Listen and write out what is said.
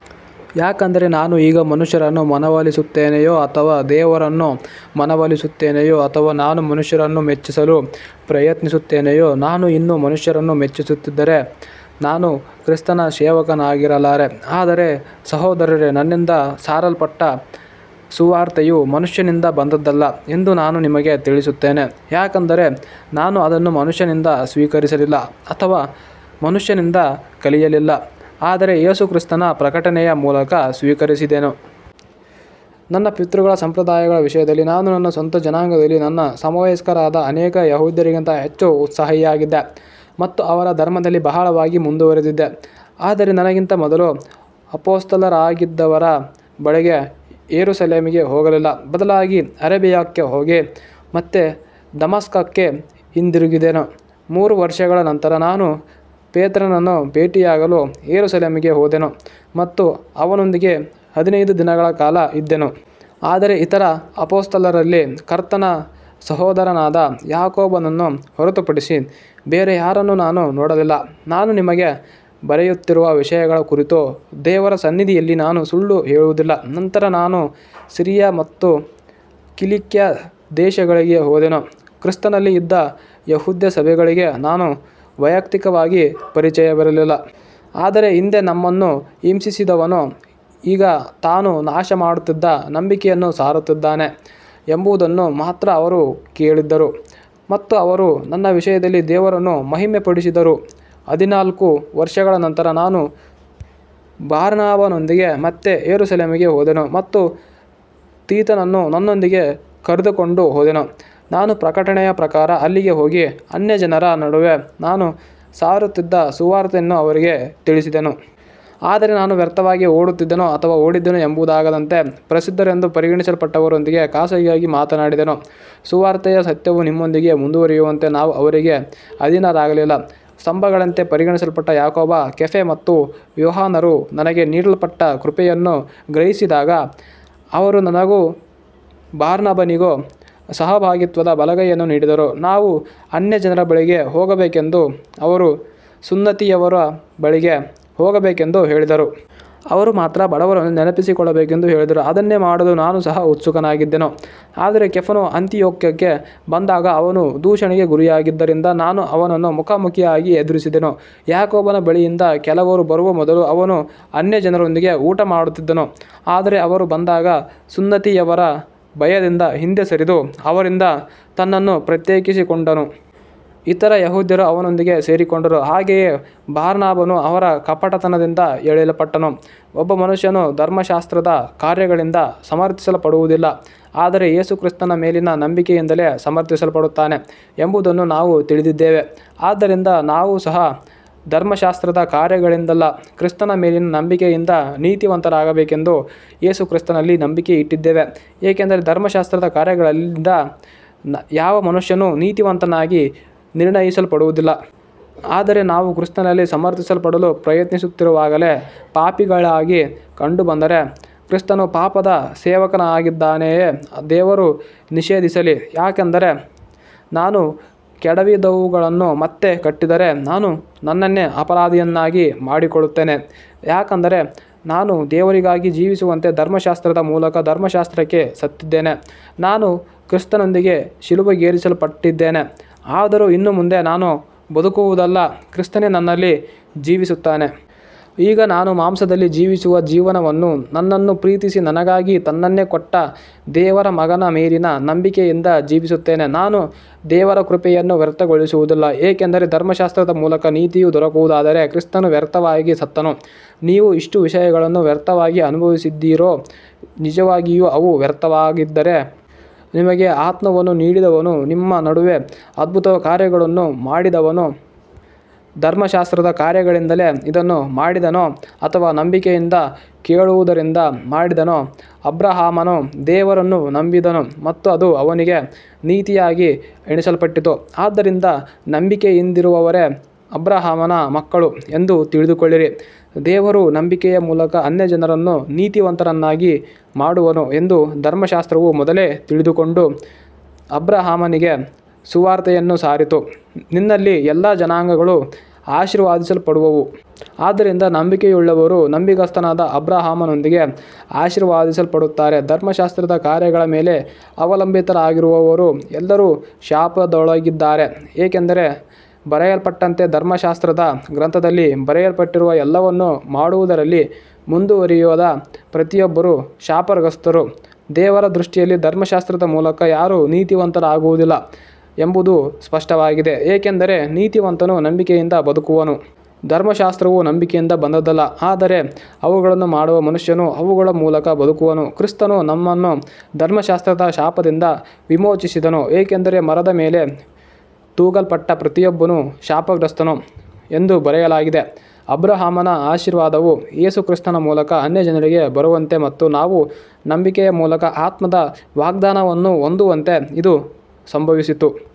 ಯಾಕಂದರೆ ನಾನು ಈಗ ಮನುಷ್ಯರನ್ನು ಮನವೊಲಿಸುತ್ತೇನೆಯೋ ಅಥವಾ ದೇವರನ್ನು ಮನವೊಲಿಸುತ್ತೇನೆಯೋ, ಅಥವಾ ನಾನು ಮನುಷ್ಯರನ್ನು ಮೆಚ್ಚಿಸಲು ಪ್ರಯತ್ನಿಸುತ್ತೇನೆಯೋ, ನಾನು ಇನ್ನೂ ಮನುಷ್ಯರನ್ನು ಮೆಚ್ಚಿಸುತ್ತಿದ್ದರೆ ನಾನು ಕ್ರಿಸ್ತನ ಸೇವಕನಾಗಿರಲಾರೆ. ಆದರೆ ಸಹೋದರರೇ, ನನ್ನಿಂದ ಸಾರಲ್ಪಟ್ಟ ಸುವಾರ್ತೆಯು ಮನುಷ್ಯನಿಂದ ಬಂದದ್ದಲ್ಲ ಎಂದು ನಾನು ನಿಮಗೆ ತಿಳಿಸುತ್ತೇನೆ. ಯಾಕಂದರೆ ನಾನು ಅದನ್ನು ಮನುಷ್ಯನಿಂದ ಸ್ವೀಕರಿಸಲಿಲ್ಲ, ಅಥವಾ ಮನುಷ್ಯನಿಂದ ಕಲಿಯಲಿಲ್ಲ, ಆದರೆ ಯೇಸು ಕ್ರಿಸ್ತನ ಪ್ರಕಟನೆಯ ಮೂಲಕ ಸ್ವೀಕರಿಸಿದೆನು. ನನ್ನ ಪಿತೃಗಳ ಸಂಪ್ರದಾಯಗಳ ವಿಷಯದಲ್ಲಿ ನಾನು ನನ್ನ ಸ್ವಂತ ಜನಾಂಗದಲ್ಲಿ ನನ್ನ ಸಮವಯಸ್ಕರಾದ ಅನೇಕ ಯೆಹೂದ್ಯರಿಗಿಂತ ಹೆಚ್ಚು ಉತ್ಸಾಹಿಯಾಗಿದ್ದೆ ಮತ್ತು ಅವರ ಧರ್ಮದಲ್ಲಿ ಬಹಳವಾಗಿ ಮುಂದುವರಿದಿದ್ದೆ. ಆದರೆ ನನಗಿಂತ ಮೊದಲು ಅಪೊಸ್ತಲರಾಗಿದ್ದವರ ಬಳಿಗೆ ಯೆರೂಸಲೇಮಿಗೆ ಹೋಗಲಿಲ್ಲ, ಬದಲಾಗಿ ಅರೇಬಿಯಾಕ್ಕೆ ಹೋಗಿ ಮತ್ತೆ ದಮಸ್ಕಕ್ಕೆ ಹಿಂದಿರುಗಿದೆನು. ಮೂರು ವರ್ಷಗಳ ನಂತರ ನಾನು ಪೇತ್ರನನ್ನು ಭೇಟಿಯಾಗಲು ಯೆರೂಸಲೇಮಿಗೆ ಹೋದೆನು ಮತ್ತು ಅವನೊಂದಿಗೆ ಹದಿನೈದು ದಿನಗಳ ಕಾಲ ಇದ್ದೆನು. ಆದರೆ ಇತರ ಅಪೊಸ್ತಲರಲ್ಲಿ ಕರ್ತನ ಸಹೋದರನಾದ ಯಾಕೋಬನನ್ನು ಹೊರತುಪಡಿಸಿ ಬೇರೆ ಯಾರನ್ನೂ ನಾನು ನೋಡಲಿಲ್ಲ. ನಾನು ನಿಮಗೆ ಬರೆಯುತ್ತಿರುವ ವಿಷಯಗಳ ಕುರಿತು ದೇವರ ಸನ್ನಿಧಿಯಲ್ಲಿ ನಾನು ಸುಳ್ಳು ಹೇಳುವುದಿಲ್ಲ. ನಂತರ ನಾನು ಸಿರಿಯ ಮತ್ತು ಕಿಲಿಕ್ಯ ದೇಶಗಳಿಗೆ ಹೋದೆನು. ಕ್ರಿಸ್ತನಲ್ಲಿ ಇದ್ದ ಯೆಹೂದ್ಯ ಸಭೆಗಳಿಗೆ ನಾನು ವೈಯಕ್ತಿಕವಾಗಿ ಪರಿಚಯವಿರಲಿಲ್ಲ. ಆದರೆ ಹಿಂದೆ ನಮ್ಮನ್ನು ಹಿಂಸಿಸಿದವನು ಈಗ ತಾನು ನಾಶಮಾಡುತ್ತಿದ್ದ ನಂಬಿಕೆಯನ್ನು ಸಾರುತ್ತಿದ್ದಾನೆ ಎಂಬುದನ್ನು ಮಾತ್ರ ಅವರು ಕೇಳಿದ್ದರು. ಮತ್ತು ಅವರು ನನ್ನ ವಿಷಯದಲ್ಲಿ ದೇವರನ್ನು ಮಹಿಮೆಪಡಿಸಿದರು. ಹದಿನಾಲ್ಕು ವರ್ಷಗಳ ನಂತರ ನಾನು ಬಾರ್ನಬನೊಂದಿಗೆ ಮತ್ತೆ ಯೆರೂಸಲೇಮಿಗೆ ಹೋದೆನು ಮತ್ತು ತೀತನನ್ನೂ ನನ್ನೊಂದಿಗೆ ಕರೆದುಕೊಂಡು ಹೋದೆನು. ನಾನು ಪ್ರಕಟಣೆಯ ಪ್ರಕಾರ ಅಲ್ಲಿಗೆ ಹೋಗಿ, ಅನ್ಯಜನರ ನಡುವೆ ನಾನು ಸಾರುತ್ತಿದ್ದ ಸುವಾರ್ತೆಯನ್ನು ಅವರಿಗೆ ತಿಳಿಸಿದೆನು. ಆದರೆ ನಾನು ವ್ಯರ್ಥವಾಗಿ ಓಡುತ್ತಿದ್ದೇನೋ ಅಥವಾ ಓಡಿದ್ದೇನೋ ಎಂಬುದಾಗದಂತೆ, ಪ್ರಸಿದ್ಧರೆಂದು ಪರಿಗಣಿಸಲ್ಪಟ್ಟವರೊಂದಿಗೆ ಖಾಸಗಿಯಾಗಿ ಮಾತನಾಡಿದೆನು. ಸುವಾರ್ತೆಯ ಸತ್ಯವು ನಿಮ್ಮೊಂದಿಗೆ ಮುಂದುವರಿಯುವಂತೆ ನಾವು ಅವರಿಗೆ ಅಧೀನರಾಗಲಿಲ್ಲ. ಸ್ತಂಭಗಳಂತೆ ಪರಿಗಣಿಸಲ್ಪಟ್ಟ ಯಾಕೋಬ, ಕೇಫ ಮತ್ತು ಯೋಹಾನರು ನನಗೆ ನೀಡಲ್ಪಟ್ಟ ಕೃಪೆಯನ್ನು ಗ್ರಹಿಸಿದಾಗ, ಅವರು ನನಗೂ ಬಾರ್ನಬನಿಗೂ ಸಹಭಾಗಿತ್ವದ ಬಲಗೈಯನ್ನು ನೀಡಿದರು, ನಾವು ಅನ್ಯಜನರ ಬಳಿಗೆ ಹೋಗಬೇಕೆಂದೂ ಅವರು ಸುನ್ನತಿಯವರ ಬಳಿಗೆ ಹೋಗಬೇಕೆಂದೂ ಹೇಳಿದರು. ಅವರು ಮಾತ್ರ ಬಡವರನ್ನು ನೆನಪಿಸಿಕೊಳ್ಳಬೇಕೆಂದು ಹೇಳಿದರು, ಅದನ್ನೇ ಮಾಡಲು ನಾನು ಸಹ ಉತ್ಸುಕನಾಗಿದ್ದೆನು. ಆದರೆ ಕೇಫನು ಅಂತಿಯೋಕ್ಯಕ್ಕೆ ಬಂದಾಗ ಅವನು ದೂಷಣೆಗೆ ಗುರಿಯಾಗಿದ್ದರಿಂದ ನಾನು ಅವನನ್ನು ಮುಖಾಮುಖಿಯಾಗಿ ಎದುರಿಸಿದೆನು. ಯಾಕೋಬನ ಬಳಿಯಿಂದ ಕೆಲವರು ಬರುವ ಮೊದಲು ಅವನು ಅನ್ಯಜನರೊಂದಿಗೆ ಊಟಮಾಡುತ್ತಿದ್ದನು, ಆದರೆ ಅವರು ಬಂದಾಗ ಸುನ್ನತಿಯವರ ಭಯದಿಂದ ಹಿಂದೆ ಸರಿದು ಅವರಿಂದ ತನ್ನನ್ನು ಪ್ರತ್ಯೇಕಿಸಿಕೊಂಡನು. ಇತರ ಯೆಹೂದ್ಯರೂ ಅವನೊಂದಿಗೆ ಸೇರಿಕೊಂಡರು, ಹಾಗೆಯೇ ಬಾರ್ನಬನೂ ಅವರ ಕಪಟತನದಿಂದ ಎಳೆಯಲ್ಪಟ್ಟನು. ಒಬ್ಬ ಮನುಷ್ಯನು ಧರ್ಮಶಾಸ್ತ್ರದ ಕಾರ್ಯಗಳಿಂದ ಸಮರ್ಥಿಸಲ್ಪಡುವುದಿಲ್ಲ, ಆದರೆ ಯೇಸು ಕ್ರಿಸ್ತನ ಮೇಲಿನ ನಂಬಿಕೆಯಿಂದಲೇ ಸಮರ್ಥಿಸಲ್ಪಡುತ್ತಾನೆ ಎಂಬುದನ್ನು ನಾವು ತಿಳಿದಿದ್ದೇವೆ. ಆದ್ದರಿಂದ ನಾವು ಸಹ ಧರ್ಮಶಾಸ್ತ್ರದ ಕಾರ್ಯಗಳಿಂದಲ್ಲ, ಕ್ರಿಸ್ತನ ಮೇಲಿನ ನಂಬಿಕೆಯಿಂದ ನೀತಿವಂತರಾಗಬೇಕೆಂದು ಯೇಸು ಕ್ರಿಸ್ತನಲ್ಲಿ ನಂಬಿಕೆ ಇಟ್ಟಿದ್ದೇವೆ, ಏಕೆಂದರೆ ಧರ್ಮಶಾಸ್ತ್ರದ ಕಾರ್ಯಗಳಿಂದ ಯಾವ ಮನುಷ್ಯನೂ ನೀತಿವಂತನಾಗಿ ನಿರ್ಣಯಿಸಲ್ಪಡುವುದಿಲ್ಲ. ಆದರೆ ನಾವು ಕ್ರಿಸ್ತನಲ್ಲಿ ಸಮರ್ಥಿಸಲ್ಪಡಲು ಪ್ರಯತ್ನಿಸುತ್ತಿರುವಾಗಲೇ ಪಾಪಿಗಳಾಗಿ ಕಂಡುಬಂದರೆ, ಕ್ರಿಸ್ತನು ಪಾಪದ ಸೇವಕನಾಗಿದ್ದಾನೆಯೇ, ದೇವರು ನಿಷೇಧಿಸಲಿ. ಯಾಕಂದರೆ ನಾನು ಕೆಡವಿದವುಗಳನ್ನು ಮತ್ತೆ ಕಟ್ಟಿದರೆ, ನಾನು ನನ್ನನ್ನೇ ಅಪರಾಧಿಯನ್ನಾಗಿ ಮಾಡಿಕೊಳ್ಳುತ್ತೇನೆ. ಯಾಕಂದರೆ ನಾನು ದೇವರಿಗಾಗಿ ಜೀವಿಸುವಂತೆ ಧರ್ಮಶಾಸ್ತ್ರದ ಮೂಲಕ ಧರ್ಮಶಾಸ್ತ್ರಕ್ಕೆ ಸತ್ತಿದ್ದೇನೆ. ನಾನು ಕ್ರಿಸ್ತನೊಂದಿಗೆ ಶಿಲುಬೆಗೇರಿಸಲ್ಪಟ್ಟಿದ್ದೇನೆ, ಆದರೂ ಇನ್ನು ಮುಂದೆ ನಾನು ಬದುಕುವುದಲ್ಲ, ಕ್ರಿಸ್ತನೇ ನನ್ನಲ್ಲಿ ಜೀವಿಸುತ್ತಾನೆ. ಈಗ ನಾನು ಮಾಂಸದಲ್ಲಿ ಜೀವಿಸುವ ಜೀವನವನ್ನು ನನ್ನನ್ನು ಪ್ರೀತಿಸಿ ನನಗಾಗಿ ತನ್ನನ್ನೇ ಕೊಟ್ಟ ದೇವರ ಮಗನ ಮೇಲಿನ ನಂಬಿಕೆಯಿಂದ ಜೀವಿಸುತ್ತೇನೆ. ನಾನು ದೇವರ ಕೃಪೆಯನ್ನು ವ್ಯರ್ಥಗೊಳಿಸುವುದಿಲ್ಲ, ಏಕೆಂದರೆ ಧರ್ಮಶಾಸ್ತ್ರದ ಮೂಲಕ ನೀತಿಯು ದೊರಕುವುದಾದರೆ ಕ್ರಿಸ್ತನು ವ್ಯರ್ಥವಾಗಿ ಸತ್ತನು. ನೀವು ಇಷ್ಟು ವಿಷಯಗಳನ್ನು ವ್ಯರ್ಥವಾಗಿ ಅನುಭವಿಸಿದ್ದೀರೋ, ನಿಜವಾಗಿಯೂ ಅವು ವ್ಯರ್ಥವಾಗಿದ್ದರೆ. ನಿಮಗೆ ಆತ್ಮವನ್ನು ನೀಡಿದವನೂ ನಿಮ್ಮ ನಡುವೆ ಅದ್ಭುತಕಾರ್ಯಗಳನ್ನು ಮಾಡಿದವನೂ ಧರ್ಮಶಾಸ್ತ್ರದ ಕಾರ್ಯಗಳಿಂದಲೇ ಇದನ್ನು ಮಾಡಿದನೋ ಅಥವಾ ನಂಬಿಕೆಯಿಂದ ಕೇಳುವುದರಿಂದ ಮಾಡಿದನೋ. ಅಬ್ರಹಾಮನು ದೇವರನ್ನು ನಂಬಿದನು ಮತ್ತು ಅದು ಅವನಿಗೆ ನೀತಿಯಾಗಿ ಎಣಿಸಲ್ಪಟ್ಟಿತು. ಆದ್ದರಿಂದ ನಂಬಿಕೆಯಿಂದಿರುವವರೇ ಅಬ್ರಹಾಮನ ಮಕ್ಕಳು ಎಂದು ತಿಳಿದುಕೊಳ್ಳಿರಿ. ದೇವರು ನಂಬಿಕೆಯ ಮೂಲಕ ಅನ್ಯಜನರನ್ನು ನೀತಿವಂತರನ್ನಾಗಿ ಮಾಡುವನು ಎಂದು ಧರ್ಮಶಾಸ್ತ್ರವು ಮೊದಲೇ ತಿಳಿದುಕೊಂಡು ಅಬ್ರಹಾಮನಿಗೆ ಸುವಾರ್ತೆಯನ್ನು ಸಾರಿತು, ನಿನ್ನಲ್ಲಿ ಎಲ್ಲಾ ಜನಾಂಗಗಳೂ ಆಶೀರ್ವದಿಸಲ್ಪಡುವವು. ಆದ್ದರಿಂದ ನಂಬಿಕೆಯುಳ್ಳವರು ನಂಬಿಗಸ್ತನಾದ ಅಬ್ರಹಾಮನೊಂದಿಗೆ ಆಶೀರ್ವದಿಸಲ್ಪಡುತ್ತಾರೆ. ಧರ್ಮಶಾಸ್ತ್ರದ ಕಾರ್ಯಗಳ ಮೇಲೆ ಅವಲಂಬಿತರಾಗಿರುವವರು ಎಲ್ಲರೂ ಶಾಪದೊಳಗಿದ್ದಾರೆ, ಏಕೆಂದರೆ ಬರೆಯಲ್ಪಟ್ಟಂತೆ, ಧರ್ಮಶಾಸ್ತ್ರದ ಗ್ರಂಥದಲ್ಲಿ ಬರೆಯಲ್ಪಟ್ಟಿರುವ ಎಲ್ಲವನ್ನೂ ಮಾಡುವುದರಲ್ಲಿ ಮುಂದುವರಿಯದ ಪ್ರತಿಯೊಬ್ಬರೂ ಶಾಪಗ್ರಸ್ತರು. ದೇವರ ದೃಷ್ಟಿಯಲ್ಲಿ ಧರ್ಮಶಾಸ್ತ್ರದ ಮೂಲಕ ಯಾರೂ ನೀತಿವಂತರಾಗುವುದಿಲ್ಲ ಎಂಬುದು ಸ್ಪಷ್ಟವಾಗಿದೆ, ಏಕೆಂದರೆ ನೀತಿವಂತನು ನಂಬಿಕೆಯಿಂದ ಬದುಕುವನು. ಧರ್ಮಶಾಸ್ತ್ರವು ನಂಬಿಕೆಯಿಂದ ಬಂದದ್ದಲ್ಲ, ಆದರೆ ಅವುಗಳನ್ನು ಮಾಡುವ ಮನುಷ್ಯನು ಅವುಗಳ ಮೂಲಕ ಬದುಕುವನು. ಕ್ರಿಸ್ತನು ನಮ್ಮನ್ನು ಧರ್ಮಶಾಸ್ತ್ರದ ಶಾಪದಿಂದ ವಿಮೋಚಿಸಿದನು, ಏಕೆಂದರೆ ಮರದ ಮೇಲೆ ತೂಗಲ್ಪಟ್ಟ ಪ್ರತಿಯೊಬ್ಬನೂ ಶಾಪಗ್ರಸ್ತನು ಎಂದು ಬರೆಯಲಾಗಿದೆ. ಅಬ್ರಹಾಮನ ಆಶೀರ್ವಾದವು ಯೇಸು ಕ್ರಿಸ್ತನ ಮೂಲಕ ಅನ್ಯಜನರಿಗೆ ಬರುವಂತೆ ಮತ್ತು ನಾವು ನಂಬಿಕೆಯ ಮೂಲಕ ಆತ್ಮದ ವಾಗ್ದಾನವನ್ನು ಹೊಂದುವಂತೆ ಇದು ಸಂಭವಿಸಿತು.